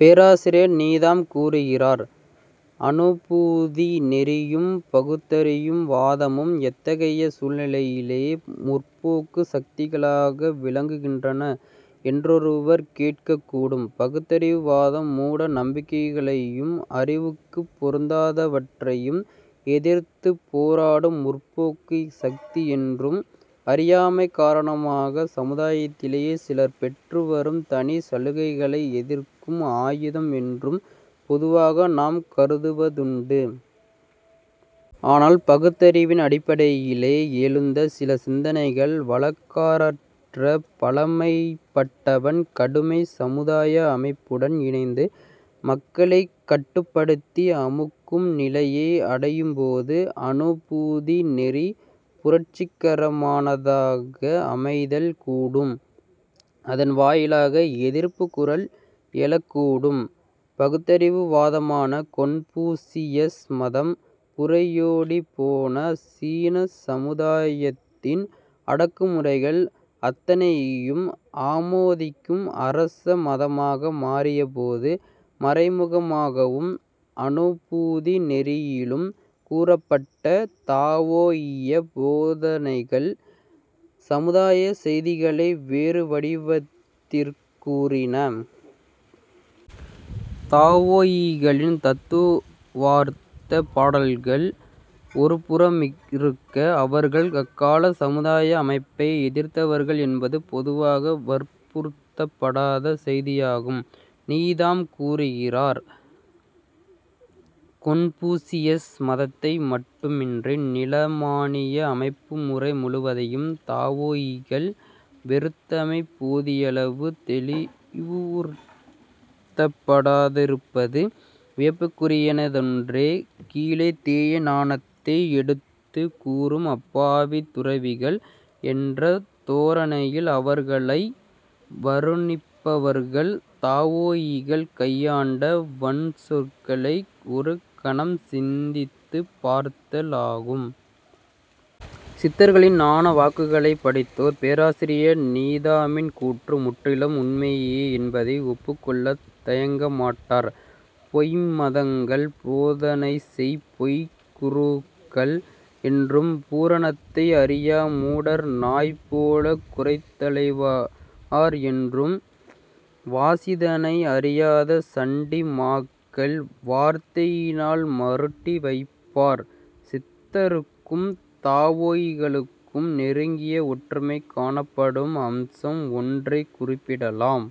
பேராசிரியர் நீதாம் கூறுகிறார்: "அநுபூதி நெறியும் பகுத்தறியும் வாதமும் எத்தகைய சூழ்நிலையிலே முற்போக்குச் சக்திகளாக விளங்குகின்றன என்றொருவர் கேட்கக்கூடும். பகுத்தறிவு வாதம் மூட நம்பிக்கைகளையும் அறிவுக்குப் பொருந்தாதவற்றையும் எதிர்த்துப் போராடும் முற்போக்குச் சக்தியென்றும், அறியாமை காரணமாகச் சமுதாயத்திலே சிலர் பெற்றுவரும் தனிச் சலுகைகளை எதிர்க்கும் ஆயுதம் என்றும் பொதுவாக நாம் கருதுவதுண்டு. ஆனால், பகுத்தறிவின் அடிப்படையிலே எழுந்த சில சிந்தனைகள் வழக்காறற்ற பழமைப்பட்டவன் கடுமைச் சமுதாய அமைப்புடன் இணைந்து மக்களைக் கட்டுப்படுத்தி அமுக்கும் நிலையை அடையும்போது அநுபூதி நெறி புரட்சிகரமானதாக அமைதல் கூடும். அதன் வாயிலாக எதிர்ப்புக் குரல் எழக்கூடும். " பகுத்தறிவு வாதமான கொன்பூசியஸ் மதம் புரையோடிப்போன சீனச்சமுதாயத்தின் அடக்குமுறைகள் அத்தனையையும் ஆமோதிக்கும் அரச மதமாக மாறியபோது, மறைமுகமாகவும் அநுபூதி நெறியிலும் கூறப்பட்ட தாவோயிய போதனைகள் சமுதாயச் செய்திகளை வேறுவடிவத்திற் கூறின. தாவோயிகளின் தத்துவார்த்தப் பாடல்கள் ஒருபுறமிருக்க, அவர்கள் அக்காலச் சமுதாய அமைப்பை எதிர்த்தவர்கள் என்பது பொதுவாக வற்புறுத்தப்படாத செய்தியாகும். நீதாம் கூறுகிறார்: "கொன்பூசியஸ் மதத்தை மட்டுமன்றி நிலமானிய அமைப்புமுறை முழுவதையும் தாவோயிகள் வெறுத்தமை போதியளவு தௌிவுறத்தப்படாதிருப்பது வியப்புக்குரியதொன்றே. 'கீழைத் தேய ஞானத்தை எடுத்துக் கூறும் அப்பாவித் துறவிகள்' என்ற தோரணையில் அவர்களை வருணிப்பவர்கள், தாவோயிகள் கையாண்ட வன்சொற்களை ஒரு கணம் சிந்தித்துப் பார்த்தல் ஆகும். " சித்தர்களின் ஞான வாக்குகளைப் படித்தோர் பேராசிரியர் நீதாமின் கூற்று முற்றிலும் உண்மையே என்பதை ஒப்புக்கொள்ளத் தயங்கமாட்டார். "பொய்ம் மதங்கள் போதனைசெய் பொய்க்குருக்கள்" என்றும் "பூரணத்தை அறியா மூடர் நாய்போல குரைத்தலைவார்" என்றும் "வாசிதனை அறியாத சண்டி மாக்கள் வார்த்தையினால் மருட்டி வைப்பார். " சித்தருக்கும் தாவோயிகளுக்கும் நெருங்கிய ஒற்றுமை காணப்படும் அம்சம் ஒன்றைக் குறிப்பிடலாம்.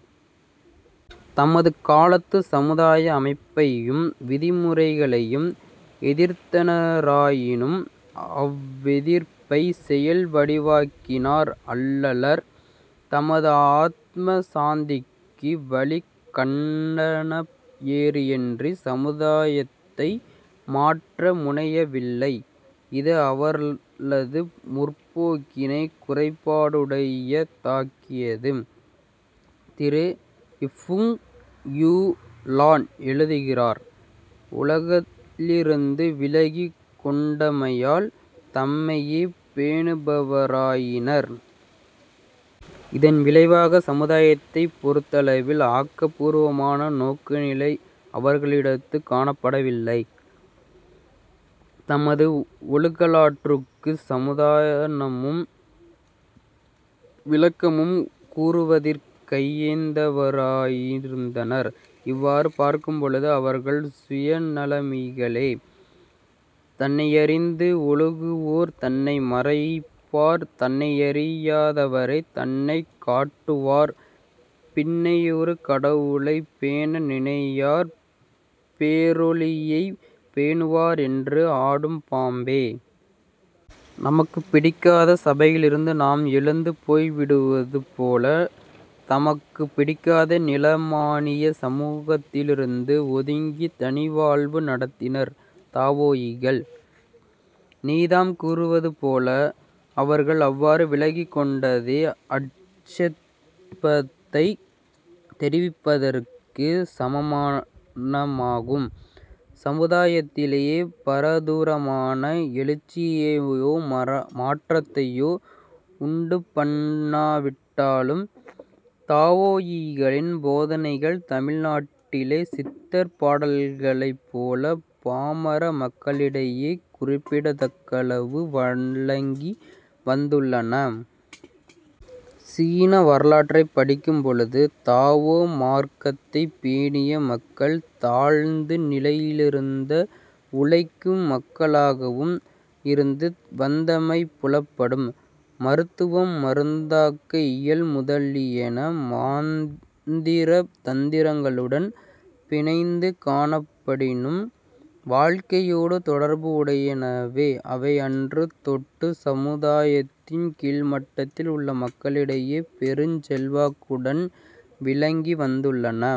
தமது காலத்துச் சமுதாய அமைப்பையும் விதிமுறைகளையும் எதிர்த்தனராயினும், அவ்வெதிர்ப்பைச் செயல் வடிவாக்கினார் அல்லர். தமது ஆத்ம சாந்திக்கு வழி கண்டனரேயன்றிச் சமுதாயத்தை மாற்ற முனையவில்லை. இது அவர்ளது முற்போக்கினைக் குறைபாடுடைய தாக்கியது. திரு. ஃபுங் யூ-லான் எழுதுகிறார்: "உலகிலிருந்து விலகிக் கொண்டமையால் தம்மையே பேணுபவ ராயினர். இதன் விளைவாகச் சமுதாயத்தைப் பொறுத்தளவில் ஆக்கப்பூர்வமான நோக்குநிலை அவர்களிடத்துக் காணப்படவில்லை. தமது ஒழுக்கலாற்றுக்குச் சமாதானமும் விளக்கமும் கூறுவதிற் கைதேர்ந்தவராயிருந்தனர். இவ்வாறு பார்க்கும்பொழுது அவர்கள் சுயநலமிகளே. " "தன்னையறிந்து ஒழுகுவோர் தன்னை மறைப்பார் தன்னையறி யாதவரே தன்னைக் காட்டுவார் பின்னையொரு கடவுளைப் பேண நினையார் பேரொளியைப் பேணுவார் என்று ஆடு பாம்பே! " நமக்குப் பிடிக்காத சபையிலிருந்து நாம் எழுந்து போய்விடுவது போல, தமக்குப் பிடிக்காத நிலமானியச் சமூகத்திலிருந்து ஒதுங்கித் தனிவாழ்வு நடத்தினர் தாவோயிகள். நீதாம் கூறுவது போல, "அவர்கள் அவ்வாறு விலகிக் கொண்டதே ஆட்சேபத்தைத் தெரிவித்ததற்குச் சமானமாகும். " சமுதாயத்திலே பாரதூரமான எழுச்சியையோ மாற்றத்தையோ உண்டுபண்ணாவிட்டாலும், தாவோயிகளின் போதனைகள் தமிழ் நாட்டிலே சித்தர் பாடல்களைப் போல பாமர மக்களிடையே குறிப்பிடத்தக்களவு வழங்கி வந்துள்ளன. சீன வரலாற்றைப் படிக்கும் பொழுது, தாவோ மார்க்கத்தைப் பேணிய மக்கள் தாழ்ந்த நிலையிலிருந்த உழைக்கும் மக்களாகவும் இருந்து வந்தமை புலப்படும். மருத்துவம், மருந்தாக்க இயல் முதலியன மந்திர தந்திரங்களுடன் பிணைந்து காணப்படினும், வாழ்க்கையோடு தொடர்பு உடையனவே. அவை அன்று தொட்டுச் சமுதாயத்தின் கீழ்மட்டத்தில் உள்ள மக்களிடையே பெருஞ் செல்வாக்குடன் விளங்கி வந்துள்ளன.